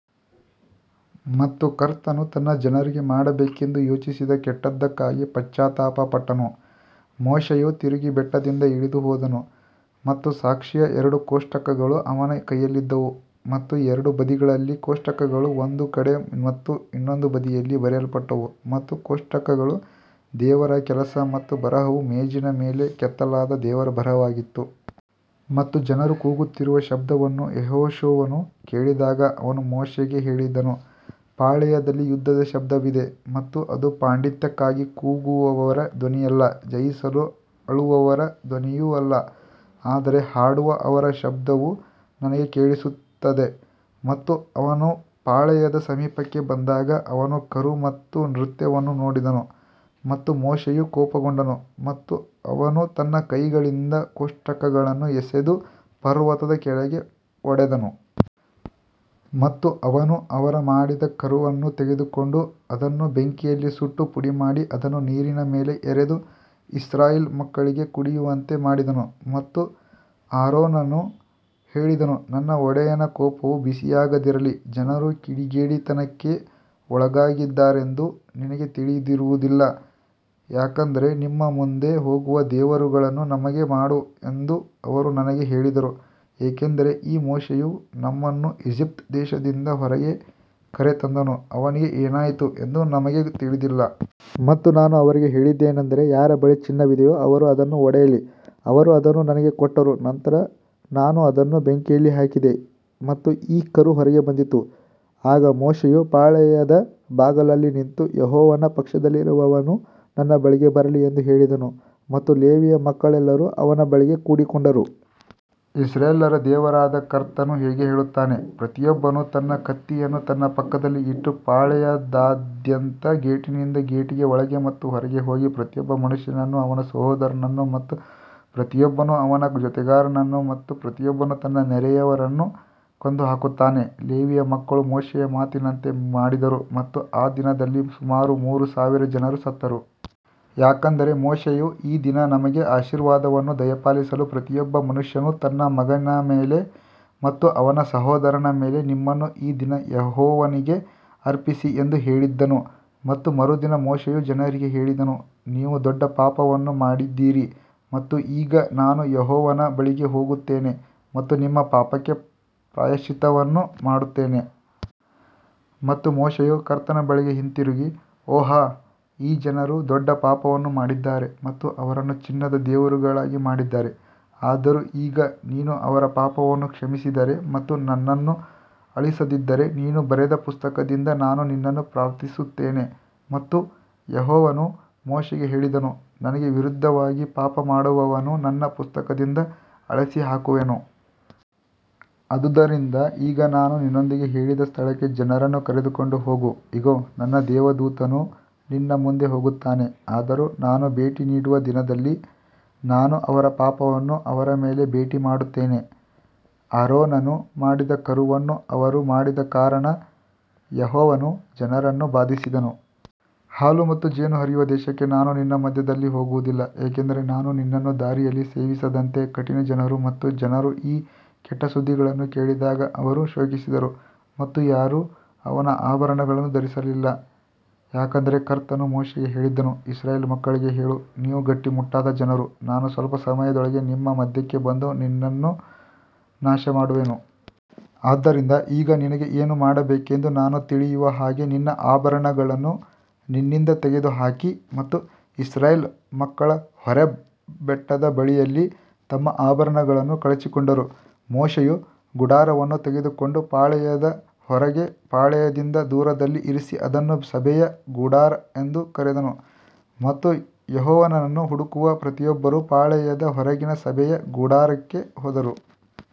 ಮತ್ತು ಕರ್ತನು ತನ್ನ ಜನರಿಗೆ ಮಾಡಬೇಕೆಂದು ಯೋಚಿಸಿದ ಕೆಟ್ಟದ್ದಕ್ಕಾಗಿ ಪಶ್ಚಾತ್ತಾಪಪಟ್ಟನು. ಮೋಶೆಯು ತಿರುಗಿ ಬೆಟ್ಟದಿಂದ ಇಳಿದು ಹೋದನು ಮತ್ತು ಸಾಕ್ಷಿಯ ಎರಡು ಕೋಷ್ಟಕಗಳು ಅವನ ಕೈಯಲ್ಲಿದ್ದವು ಮತ್ತು ಎರಡು ಬದಿಗಳಲ್ಲಿ ಕೋಷ್ಟಕಗಳು ಒಂದು ಕಡೆ ಮತ್ತು ಇನ್ನೊಂದು ಬದಿಯಲ್ಲಿ ಬರೆಯಲ್ಪಟ್ಟವು. ಮತ್ತು ಕೋಷ್ಟಕಗಳು ದೇವರ ಕೆಲಸ ಮತ್ತು ಬರಹವು ಮೇಜಿನ ಮೇಲೆ ಕೆತ್ತಲಾದ ದೇವರ ಬರಹವಾಗಿತ್ತು. ಮತ್ತು ಜನರು ಕೂಗುತ್ತಿರುವ ಶಬ್ದವನ್ನು ಯೆಹೋಶುವನು ಕೇಳಿದಾಗ ಅವನು ಮೋಶೆಗೆ ಹೇಳಿದನು ಪಾಳೆಯದಲ್ಲಿ ಯುದ್ಧದ ಶಬ್ದವಿದೆ. ಮತ್ತು ಅದು ಪಾಂಡಿತ್ಯಕ್ಕಾಗಿ ಕೂಗುವವರ ಧ್ವನಿಯಲ್ಲ ಜಯಿಸಲು ಅಳುವವರ ಧ್ವನಿಯೂ ಅಲ್ಲ ಆದರೆ ಹಾಡುವ ಅವರ ಶಬ್ದವು ನನಗೆ ಕೇಳಿಸುತ್ತದೆ. ಮತ್ತು ಅವನು ಪಾಳೆಯದ ಸಮೀಪಕ್ಕೆ ಬಂದಾಗ ಅವನು ಕರು ಮತ್ತು ನೃತ್ಯವನ್ನು ನೋಡಿದನು ಮತ್ತು ಮೋಶೆಯು ಕೋಪಗೊಂಡನು ಮತ್ತು ಅವನು ತನ್ನ ಕೈಗಳಿಂದ ಕೋಷ್ಟಕಗಳನ್ನು ಎಸೆದು ಪರ್ವತದ ಕೆಳಗೆ ಒಡೆದನು. ಮತ್ತು ಅವನು ಅವರು ಮಾಡಿದ ಕರುವನ್ನು ತೆಗೆದುಕೊಂಡು ಅದನ್ನು ಬೆಂಕಿಯಲ್ಲಿ ಸುಟ್ಟು ಪುಡಿಮಾಡಿ ಅದನ್ನು ನೀರಿನ ಮೇಲೆ ಎರೆದು ಇಸ್ರಾಯೇಲ್ ಮಕ್ಕಳಿಗೆ ಕುಡಿಯುವಂತೆ ಮಾಡಿದನು. ಮತ್ತು ಆರೋನನು ಹೇಳಿದನು ನನ್ನ ಒಡೆಯನ ಕೋಪವು ಬಿಸಿಯಾಗದಿರಲಿ ಜನರು ಕಿಡಿಗೇಡಿತನಕ್ಕೆ ಒಳಗಾಗಿದ್ದಾರೆಂದು ನಿನಗೆ ತಿಳಿದಿರುವುದಿಲ್ಲ. ಯಾಕಂದರೆ ನಮ್ಮ ಮುಂದೆ ಹೋಗುವ ದೇವರುಗಳನ್ನು ನಮಗೆ ಮಾಡು ಎಂದು ಅವರು ನನಗೆ ಹೇಳಿದರು ಏಕೆಂದರೆ ಈ ಮೋಶೆಯು ನಮ್ಮನ್ನು ಈಜಿಪ್ಟ್ ದೇಶದಿಂದ ಹೊರಗೆ ಕರೆತಂದನು ಅವನಿಗೆ ಏನಾಯಿತು ಎಂದು ನಮಗೆ ತಿಳಿದಿಲ್ಲ. ಮತ್ತು ನಾನು ಅವರಿಗೆ ಹೇಳಿದ್ದೇನೆಂದರೆ ಯಾರ ಬಳಿ ಚಿನ್ನವಿದೆಯೋ ಅವರು ಅದನ್ನು ಒಡೆಯಲಿ. ಅವರು ಅದನ್ನು ನನಗೆ ಕೊಟ್ಟರು ನಂತರ ನಾನು ಅದನ್ನು ಬೆಂಕಿಯಲ್ಲಿ ಹಾಕಿದೆ ಮತ್ತು ಈ ಕರು ಹೊರಗೆ ಬಂದಿತು. ಆಗ ಮೋಶೆಯು ಪಾಳೆಯದ ಬಾಗಲಲ್ಲಿ ನಿಂತು ಯೆಹೋವನ ಪಕ್ಷದಲ್ಲಿರುವವನು ನನ್ನ ಬಳಿಗೆ ಬರಲಿ ಎಂದು ಹೇಳಿದನು ಮತ್ತು ಲೇವಿಯ ಮಕ್ಕಳೆಲ್ಲರೂ ಅವನ ಬಳಿಗೆ ಕೂಡಿಕೊಂಡರು. ಇಸ್ರಾಯೇಲ್ಯರ ದೇವರಾದ ಕರ್ತನು ಹೀಗೆ ಹೇಳುತ್ತಾನೆ ಪ್ರತಿಯೊಬ್ಬನು ತನ್ನ ಕತ್ತಿಯನ್ನು ತನ್ನ ಪಕ್ಕದಲ್ಲಿ ಇಟ್ಟು ಪಾಳೆಯದಾದ್ಯಂತ ಗೇಟಿನಿಂದ ಗೇಟಿಗೆ ಒಳಗೆ ಮತ್ತು ಹೊರಗೆ ಹೋಗಿ ಪ್ರತಿಯೊಬ್ಬ ಮನುಷ್ಯನನ್ನು ಅವನ ಸಹೋದರನನ್ನು ಮತ್ತು ಪ್ರತಿಯೊಬ್ಬನು ಅವನ ಜೊತೆಗಾರನನ್ನು ಮತ್ತು ಪ್ರತಿಯೊಬ್ಬನು ತನ್ನ ನೆರೆಯವರನ್ನು ಕೊಂದುಹಾಕುತ್ತಾನೆ. ಲೇವಿಯ ಮಕ್ಕಳು ಮೋಶೆಯ ಮಾತಿನಂತೆ ಮಾಡಿದರು ಮತ್ತು ಆ ದಿನದಲ್ಲಿ ಸುಮಾರು ಮೂರು ಸಾವಿರ ಜನರು ಸತ್ತರು. ಯಾಕಂದರೆ ಮೋಶೆಯು ಈ ದಿನ ನಿಮಗೆ ಆಶೀರ್ವಾದವನ್ನು ದಯಪಾಲಿಸಲು ಪ್ರತಿಯೊಬ್ಬ ಮನುಷ್ಯನು ತನ್ನ ಮಗನ ಮೇಲೆ ಮತ್ತು ಅವನ ಸಹೋದರನ ಮೇಲೆ ನಿಮ್ಮನ್ನು ಈ ದಿನ ಯೆಹೋವನಿಗೆ ಅರ್ಪಿಸಿ ಎಂದು ಹೇಳಿದ್ದನು. ಮತ್ತು ಮರುದಿನ ಮೋಶೆಯು ಜನರಿಗೆ ಹೇಳಿದನು ನೀವು ದೊಡ್ಡ ಪಾಪವನ್ನು ಮಾಡಿದ್ದೀರಿ ಮತ್ತು ಈಗ ನಾನು ಯೆಹೋವನ ಬಳಿಗೆ ಹೋಗುತ್ತೇನೆ ಮತ್ತು ನಿಮ್ಮ ಪಾಪಕ್ಕೆ ಪ್ರಾಯಶ್ಚಿತ್ತವನ್ನು ಮಾಡುತ್ತೇನೆ. ಮತ್ತು ಮೋಶೆಯು ಕರ್ತನ ಬಳಿಗೆ ಹಿಂತಿರುಗಿ ಓಹ್ ಈ ಜನರು ದೊಡ್ಡ ಪಾಪವನ್ನು ಮಾಡಿದ್ದಾರೆ ಮತ್ತು ಅವರನ್ನು ಚಿನ್ನದ ದೇವರುಗಳಾಗಿ ಮಾಡಿದ್ದಾರೆ. ಆದರೂ ಈಗ ನೀನು ಅವರ ಪಾಪವನ್ನು ಕ್ಷಮಿಸಿದರೆ ಮತ್ತು ನನ್ನನ್ನು ಅಳಿಸದಿದ್ದರೆ ನೀನು ಬರೆದ ಪುಸ್ತಕದಿಂದ ನಾನು ನಿನ್ನನ್ನು ಪ್ರಾರ್ಥಿಸುತ್ತೇನೆ. ಮತ್ತು ಯೆಹೋವನು ಮೋಶೆಗೆ ಹೇಳಿದನು ನನಗೆ ವಿರುದ್ಧವಾಗಿ ಪಾಪಮಾಡುವವನು ನನ್ನ ಪುಸ್ತಕದಿಂದ ಅಳಿಸಿಹಾಕುವೆನು. ಆದುದರಿಂದ ಈಗ ನಾನು ನಿನ್ನೊಂದಿಗೆ ಹೇಳಿದ ಸ್ಥಳಕ್ಕೆ ಜನರನ್ನು ಕರೆದುಕೊಂಡು ಹೋಗು. ಇಗೋ ನನ್ನ ದೇವದೂತನು ನಿನ್ನ ಮುಂದೆ ಹೋಗುತ್ತಾನೆ ಆದರೂ ನಾನು ಭೇಟಿ ನೀಡುವ ದಿನದಲ್ಲಿ ನಾನು ಅವರ ಪಾಪವನ್ನು ಅವರ ಮೇಲೆ ಭೇಟಿ ಮಾಡುತ್ತೇನೆ. ಆರೋನನು ಮಾಡಿದ ಕರುವನ್ನು ಅವರು ಮಾಡಿದ ಕಾರಣ ಯೆಹೋವನು ಜನರನ್ನು ಬಾಧಿಸಿದನು. ಹಾಲು ಮತ್ತು ಜೇನು ಹರಿಯುವ ದೇಶಕ್ಕೆ ನಾನು ನಿನ್ನ ಮಧ್ಯದಲ್ಲಿ ಹೋಗುವುದಿಲ್ಲ ಏಕೆಂದರೆ ನಾನು ನಿನ್ನನ್ನು ದಾರಿಯಲ್ಲಿ ಸೇವಿಸದಂತೆ ಕಠಿಣ ಜನರು. ಮತ್ತು ಜನರು ಈ ಕೆಟ್ಟ ಸುದ್ದಿಗಳನ್ನು ಕೇಳಿದಾಗ ಅವರು ಶೋಕಿಸಿದರು ಮತ್ತು ಯಾರೂ ಅವನ ಆಭರಣಗಳನ್ನು ಧರಿಸಲಿಲ್ಲ. ಯಾಕಂದರೆ ಕರ್ತನು ಮೋಶೆಗೆ ಹೇಳಿದ್ದನು ಇಸ್ರಾಯೇಲ್ ಮಕ್ಕಳಿಗೆ ಹೇಳು ನೀವು ಗಟ್ಟಿಮುಟ್ಟಾದ ಜನರು ನಾನು ಸ್ವಲ್ಪ ಸಮಯದೊಳಗೆ ನಿಮ್ಮ ಮಧ್ಯಕ್ಕೆ ಬಂದು ನಿನ್ನನ್ನು ನಾಶಮಾಡುವೆನು. ಆದ್ದರಿಂದ ಈಗ ನಿನಗೆ ಏನು ಮಾಡಬೇಕೆಂದು ನಾನು ತಿಳಿಯುವ ಹಾಗೆ ನಿನ್ನ ಆಭರಣಗಳನ್ನು ನಿನ್ನಿಂದ ತೆಗೆದುಹಾಕಿ. ಮತ್ತು ಇಸ್ರಾಯೇಲ್ ಮಕ್ಕಳು ಹೋರೇಬ್ ಬೆಟ್ಟದ ಬಳಿಯಲ್ಲಿ ತಮ್ಮ ಆಭರಣಗಳನ್ನು ಕಳಚಿಕೊಂಡರು. ಮೋಶೆಯು ಗುಡಾರವನ್ನು ತೆಗೆದುಕೊಂಡು ಪಾಳೆಯದ ಹೊರಗೆ ಪಾಳೆಯದಿಂದ ದೂರದಲ್ಲಿ ಇರಿಸಿ ಅದನ್ನು ಸಭೆಯ ಗುಡಾರ ಎಂದು ಕರೆದನು ಮತ್ತು ಯೆಹೋವನನ್ನು ಹುಡುಕುವ ಪ್ರತಿಯೊಬ್ಬರೂ ಪಾಳೆಯದ ಹೊರಗಿನ ಸಭೆಯ ಗುಡಾರಕ್ಕೆ ಹೋದರು.